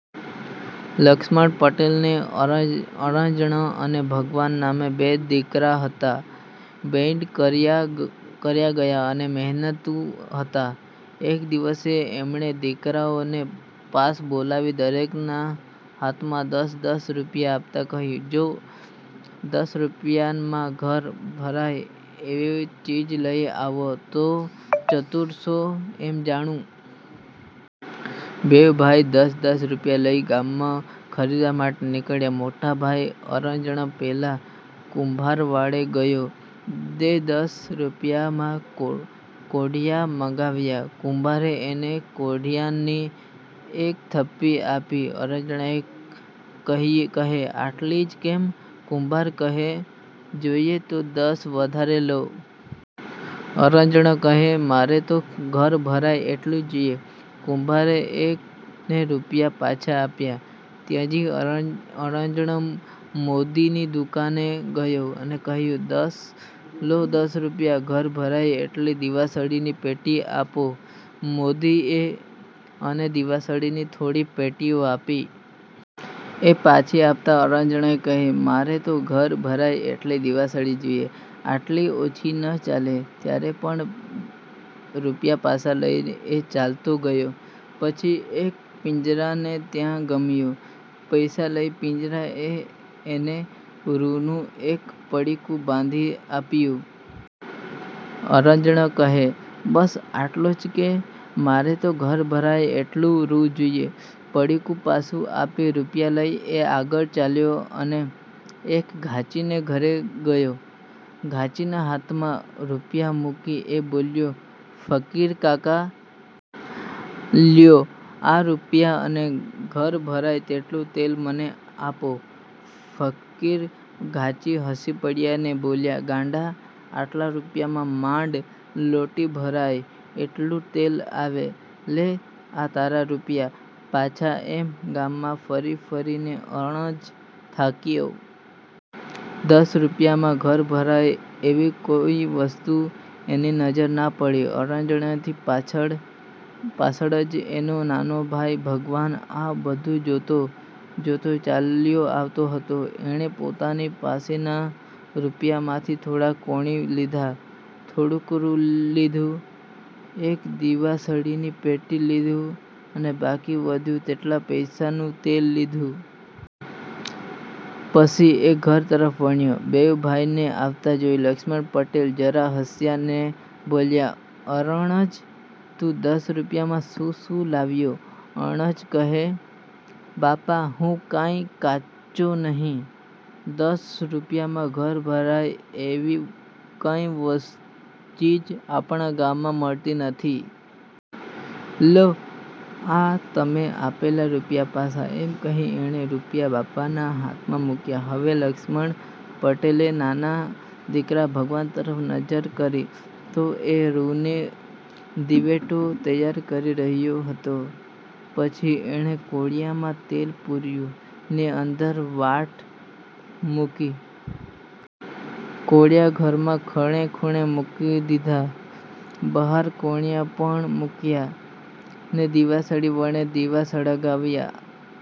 લક્ષ્મણ પટેલને અરજણ અને ભગવાન નામે બે દીકરા હતા. બેઉ કહ્યાગરા અને મહેનતુ હતા. એક દિવસ એમણે દીકરાઓને પાસે બોલાવી, દરેકના હાથમાં દશ-દશ રૂપિયા આપતાં કહ્યું, જાઓ, દશ રૂપિયામાં ઘર ભરાય એવી ચીજ લઈ આવો તો ચતુર છો એમ જાણું. બેઉ ભાઈ દશ-દશ રૂપિયા લઈ ગામમાં ખરીદી માટે નીકળી પડ્યા. મોટો ભાઈ અરજણ પહેલાં કુંભારવાડે ગયો ને દશ રૂપિયાનાં કોડિયાં માગ્યાં. કુંભારે એને કોડિયાંની એક થપ્પી આપી. અરજણ કહે: આટલાં જ કેમ? કુંભાર કહે: 'જોઈએ તો દશ વધારે લો. અરજણ કહે: મારે તો ઘર ભરાય એટલાં જોઈએ. કુંભારે એને રૂપિયા પાછા આપ્યા. ત્યાંથી અરજણ મોદીની દુકાને ગયો ને કહ્યું: લો દશ રૂપિયામાં ઘર ભરાય એટલી દીવાસળીની પેટીઓ આપો. મોદીએ એને દીવાસળીની થોડી પેટીઓ આપી. એ પાછી આપતાં અરજણ કહે, મારે તો ઘર ભરાય એટલી દીવાસળી જોઈએ. આટલી ઓછી ન ચાલે. ત્યાંથી પણ રૂપિયા પાછા લઈને એ ચાલતો થયો. પછી એ એક પીંજારાને ત્યાં ગયો. રૂપિયા લઈ પીંજારાએ એને રૂનું એક પડીકું બાંધી આપ્યું. અરજણ કહે, બસ, આટલું જ કે? મારે તો ઘર ભરાય એટલું રૂ જોઈએ. પડીકું પાછું આપી, રૂપિયા લઈ, એ આગળ ચાલ્યો અને એક ઘાંચીને ઘેર ગયો. ઘાંચીના હાથમાં રૂપિયા મૂકી એ બોલ્યો: ફકીરકાકા! લ્યો આ રૂપિયા અને ઘર ભરાય એટલું તેલ મને આપો. ફકીર ઘાંચી હસી પડ્યો ને બોલ્યો, ગાંડા! આટલા રૂપિયામાં માંડ લોટી ભરાય એટલું તેલ આવે. લે, આ તારા રૂપિયા પાછા. એમ ગામમાં ફરી ફરીને અરજણ થાક્યો. દશ રૂપિયામાં ઘર ભરાય એવી કોઈ ચીજ એની નજરે ના પડી. અરજણની પાછળ જ એનો નાનો ભાઈ ભગવાન આ બધું જોતો જોતો ચાલ્યો આવતો હતો. એણે પોતાની પાસેના રૂપિયામાંથી થોડાં કોડિયાં લીધાં. થોડુંક રૂ લીધું, એક દીવાસળીની પેટી લીધી અને બાકી વધ્યા તેટલા પૈસાનું તેલ લીધું. પછી એ ઘર તરફ વળ્યો. બેઉ ભાઈને આવેલા જોઈ લક્ષ્મણ પટેલ જરા હસ્યા ને બોલ્યા, અરજણ! તું દશ રૂપિયામાં શું શું લાવ્યો છે? અરજણ કહે, બાપા! હું કાંઈ કાચો નથી. દશ રૂપિયામાં ઘર ભરાય એવી કોઈ ચીજ આપણા ગામમાં મળતી નથી. લો, આ તમે આપેલા રૂપિયા પાછા. એમ કહી એણે રૂપિયા બાપાના હાથમાં મૂક્યા.. હવે લક્ષ્મણ પટેલે નાના દીકરા ભગવાન તરફ નજર કરી તો એ રૂની દિવેટો તૈયાર કરી રહ્યો હતો. પછી એણે કોડિયામાં તેલ પૂર્યું ને અંદર વાટ મૂકી. કોડિયાં ઘરના ખંડે ખંડે મૂકી દીધાં. બહાર ટોડલા પર પણ મૂક્યાં, ને દીવાસળી વડે દીવા સળગાવ્યા.